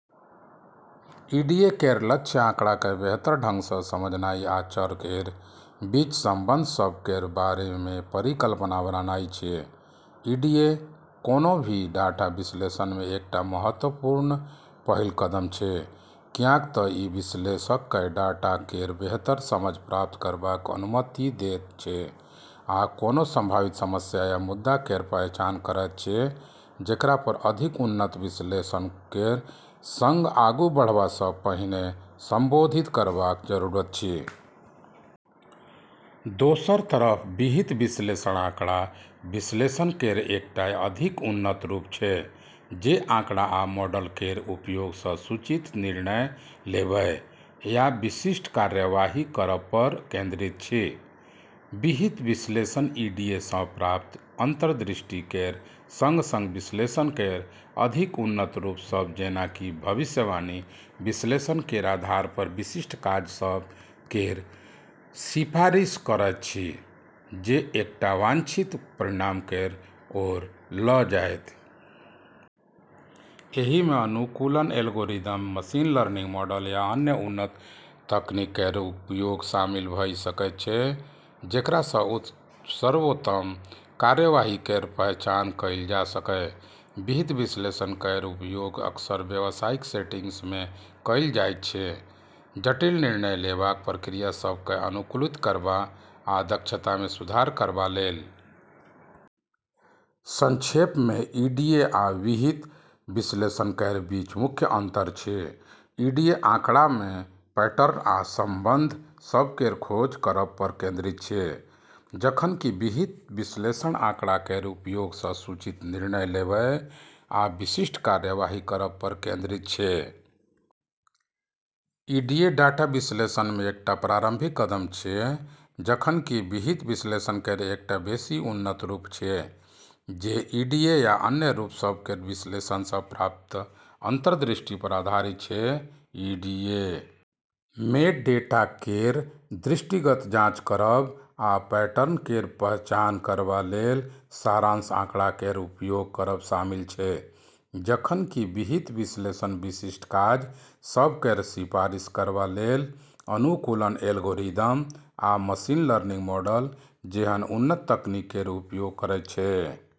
EDA केर लक्ष्य आँकड़ा केँ बेहतर ढंग सँ समझनाइ आ चर केर बीच संबंध सभ केर बारे मे परिकल्पना बनानाइ अछि। ईडीए कोनो भी डाटा विश्लेषण मे एकटा महत्वपूर्ण पहिल कदम अछि, कियाक तँ ई विश्लेषक केँ डाटा केर बेहतर समझ प्राप्त करबाक अनुमति दैत अछि, आ कोनो सम्भावित समस्या या मुद्दा केर पहचान करैत अछि जेकरा पर अधिक उन्नत विश्लेषण केर संग आगू बढ़बा सँ पहिने संबोधित करबाक जरूरत अछि। दोसर तरफ, विहित विश्लेषण आँकड़ा विश्लेषण केर एकटा अधिक उन्नत रूप अछि जे आँकड़ा आ मॉडल केर उपयोग सँ सूचित निर्णय लेबय या विशिष्ट कार्यवाही करब पर केंद्रित अछि। विहित विश्लेषण ईडीए सँ प्राप्त अंतर्दृष्टि केर संग-संग विश्लेषण केर अधिक उन्नत रूप सभ जेना कि भविष्यवाणी विश्लेषण केर आधार पर विशिष्ट काज सभ केर सिफारिश करैत अछि जे एकटा वांछित परिणाम केर ओर लऽ जायत। एहि मे अनुकूलन एल्गोरिदम, मशीन लर्निंग मॉडल या अन्य उन्नत तकनीक केर उपयोग शामिल भऽ सकैत अछि, जेकरा सँ सर्वोत्तम कार्यवाही केर पहचान कएल जा सकय। विहित विश्लेषण केर उपयोग अक्सर व्यावसायिक सेटिंग्स मे कएल जाइत अछि, जटिल निर्णय लेबाक प्रक्रिया सभ केँ अनुकूलित करबा आ दक्षता मे सुधार करबा लेल। संक्षेप मे, ईडीए आ विहित विश्लेषण केर बीच मुख्य अंतर अछि: ईडीए आँकड़ा मे पैटर्न आ संबंध सभ केर खोज करब पर केंद्रित अछि, जखन कि विहित विश्लेषण आँकड़ा केर उपयोग सँ सूचित निर्णय लेबय आ विशिष्ट कार्यवाही करब पर केंद्रित अछि। ईडीए डाटा विश्लेषण मे एकटा प्रारंभिक कदम अछि, जखन कि विहित विश्लेषण केर एकटा बेसि उन्नत रूप अछि जे ईडीए आ अन्य रूप सभ केर विश्लेषण सँ प्राप्त अंतर्दृष्टि पर आधारित अछि। ईडीए मे डेटा केर दृष्टिगत जांच करब आ पैटर्न केर पहचान करबा लेल सारांश आँकड़ा केर उपयोग करब शामिल अछि, जखन कि विहित विश्लेषण विशिष्ट काज सभ केर सिफारिश करबा लेल अनुकूलन एल्गोरिदम आ मशीन लर्निंग मॉडल जेहन उन्नत तकनीक केर उपयोग करैत अछि।